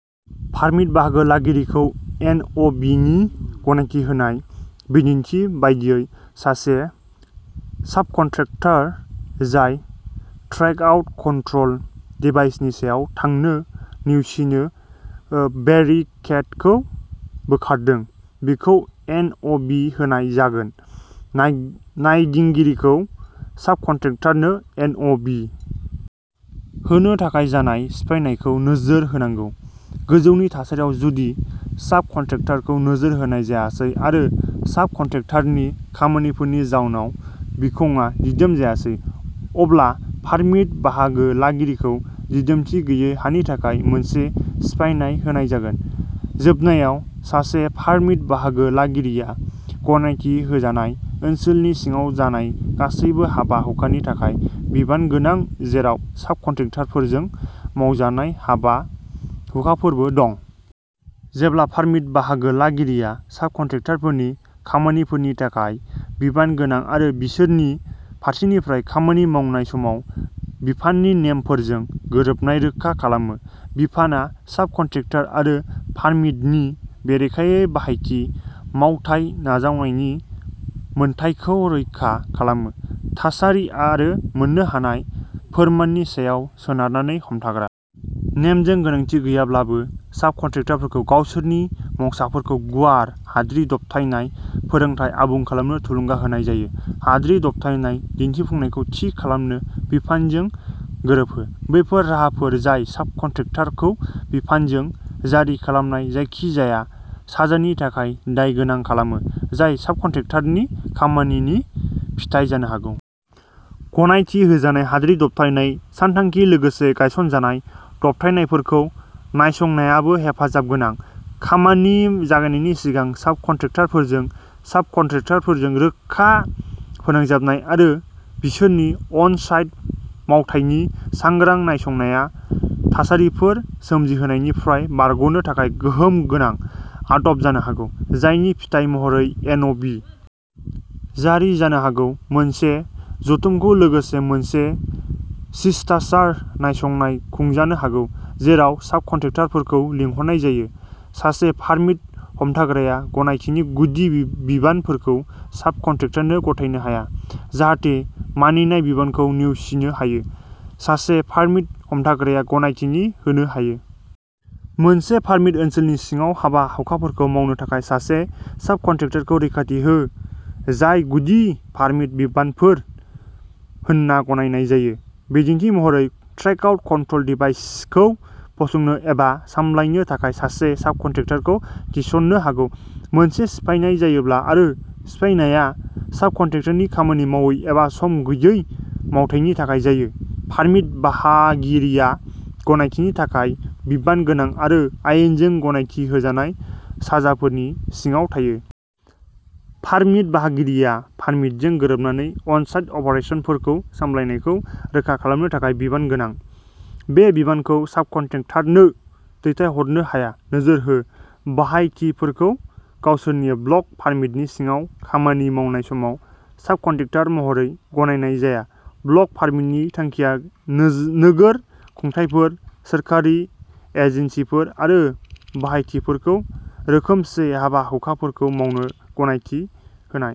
Permit बाहागो लागिरिखौ N. अ. V. नि गनायथि होनाय। बिदिन्थि बायदियै, सासे साबकन्ट्राक्टर जाय ट्रेकआउट कन्ट्रल डिभाइसनि सायाव थांनो नेवसिनो ओ बेरिकेडखौ बोखारदों, बिखौ एन. अ. भि. होनाय जागोन। नाय नायदिंगिरिखौ साबकन्ट्राक्टरनो एन. अ. भि. होनो थाखाय जानाय सिफायनायखौ नोजोर होनांगौ। गोजौनि थासारियाव, जुदि साबकन्ट्राक्टरखौ नोजोर होनाय जायासै आरो साबकन्ट्राक्टरनि खामानिफोरनि जाउनाव बिखंआ दिदोम जायासै, अब्ला पारमिट बाहागोलागिरिखौ दिदोमथि गैयै हानि थाखाय मोनसे सिफायनाय होनाय जागोन। जोबनायाव, सासे पारमिट बाहागोलागिरिया गनायथि होजानाय ओनसोलनि सिङाव जानाय गासैबो हाबा-हुखानि थाखाय बिबान गोनां जेराव साबकन्ट्राक्टरफोरजों मावजानाय हाबा-हुखाफोरबो दं। जेब्ला पारमिट बाहागोलागिरिया साबकन्ट्राक्टरफोरनि खामानिफोरनि थाखाय बिबान गोनां आरो बिसोरनि फारसेनिफ्राय खामानि मावनाय समाव बिफाननि नेमफोरजों गोरोबनाय रोखा खालामो, बिफानआ साबकन्ट्राक्टर आरो पारमिटनि बेरेखायै बाहायथि मावथाय नाजावनायनि मोन्थाइखौ रैखा खालामो। थासारि आरो मोन्नो हानाय फोरमाननि सायाव सोनारनानै हमथाग्रा। नेमजों गोनांथि गैयाब्लाबो, साबकन्ट्राक्टरफोरखौ गावसोरनि मावसाफोरखौ गुवार हाद्रि दबथायनाय फोरोंथाय आबुं खालामनो थुलुंगा होनाय जायो। हाद्रि दबथायनाय दिन्थिफुंनायखौ थि खालामनो बिफानजों गोरोबहो। बैफोर राहाफोर जाय साबकन्ट्राक्टरखौ बिफानजों जारि खालामजानाय जायखिजाया साजानि थाखाय दाय गोनां खालामो, जाय साबकन्ट्राक्टरनि खामानिनि फिथाय जानो हागौ। गनायथि होजानाय हाद्रि दबथायनाय सानथांखि, लोगोसे गायसनजानाय दबथायनायफोरखौ नायसंनायाबो हेफाजाब गोनां, खामानि जागायनायनि सिगां साबकन्ट्राक्टरफोरजों। साबकन्ट्राक्टरफोरजों रोखा फोनांजाबनाय आरो बिसोरनि अन-साइट मावथायनि सांग्रां नायसंनाया थासारिफोर सोमजिहोनायनिफ्राय बारग'नो थाखाय गोहोम गोनां आदब जानो हागौ, जायनि फिथाय महरै एन.अ.भि जारि जानो हागौ। मोनसे जथुमजों लोगोसे मोनसे शिष्टाचार नायसंनाय खुंजानो हागौ जेराव साबकन्ट्राक्टरफोरखौ लिंहरनाय जायो। सासे पारमिट हमथाग्राया गनायथिनि गुदि बिबानफोरखौ साबकन्ट्राक्टरनो गथायनो हाया, जाहाथे मानिनाय बिबानखौ नेवसिनो हायो। सासे पारमिट हमथाग्राया गनायथि होनो हायो। मोनसे पारमिट ओनसोलनि सिङाव हाबा-हुखाफोरखौ मावनो थाखाय सासे साबकन्ट्रेक्टरखौ रैखाथि हो जायखौ गुदि पारमिट बिबानफोर होनना गनायनाय जायो। बिदिन्थि महरै, ट्रेकआउट कन्ट्रल डिभाइसखौ फसंनो एबा सामलायनो थाखाय सासे साबकन्ट्रेक्टरखौ थिसननो हागौ। मोनसे सिफायनाय जायोब्ला आरो सिफायनायआ साबकन्ट्रेक्टरनि खामानि मावै एबा सम गैयै मावथायनि थाखाय जायो, पारमिट बाहागिरिया गनायथिनि थाखाय बिबान गोनां आरो आयेनजों गनायथि होजानाय साजाफोरनि सिङाव थायो। पारमिट बाहागिरिया पारमिटजों गोरोबनानै अनसाइट अपारेसनफोरखौ सामलायनायखौ रोखा खालामनो थाखाय बिबान गोनां। बे बिबानखौ साबकन्ट्रेक्टरनो दैथायहरनो हाया। नोजोर होः बाहायथिफोरखौ गावसोरनि ब्लक पारमिटनि सिङाव खामानि मावनाय समाव साबकन्ट्रेक्टर महरै गनायनाय जाया। ब्लक पारमिटनि थांखिया नोजो नोगोर खुंथायफोर, सोरखारि एजेन्सिफोर आरो बाहायथिफोरखौ रोखोमसे हाबा-हुखाफोरखौ मावनो गनायथि होनाय।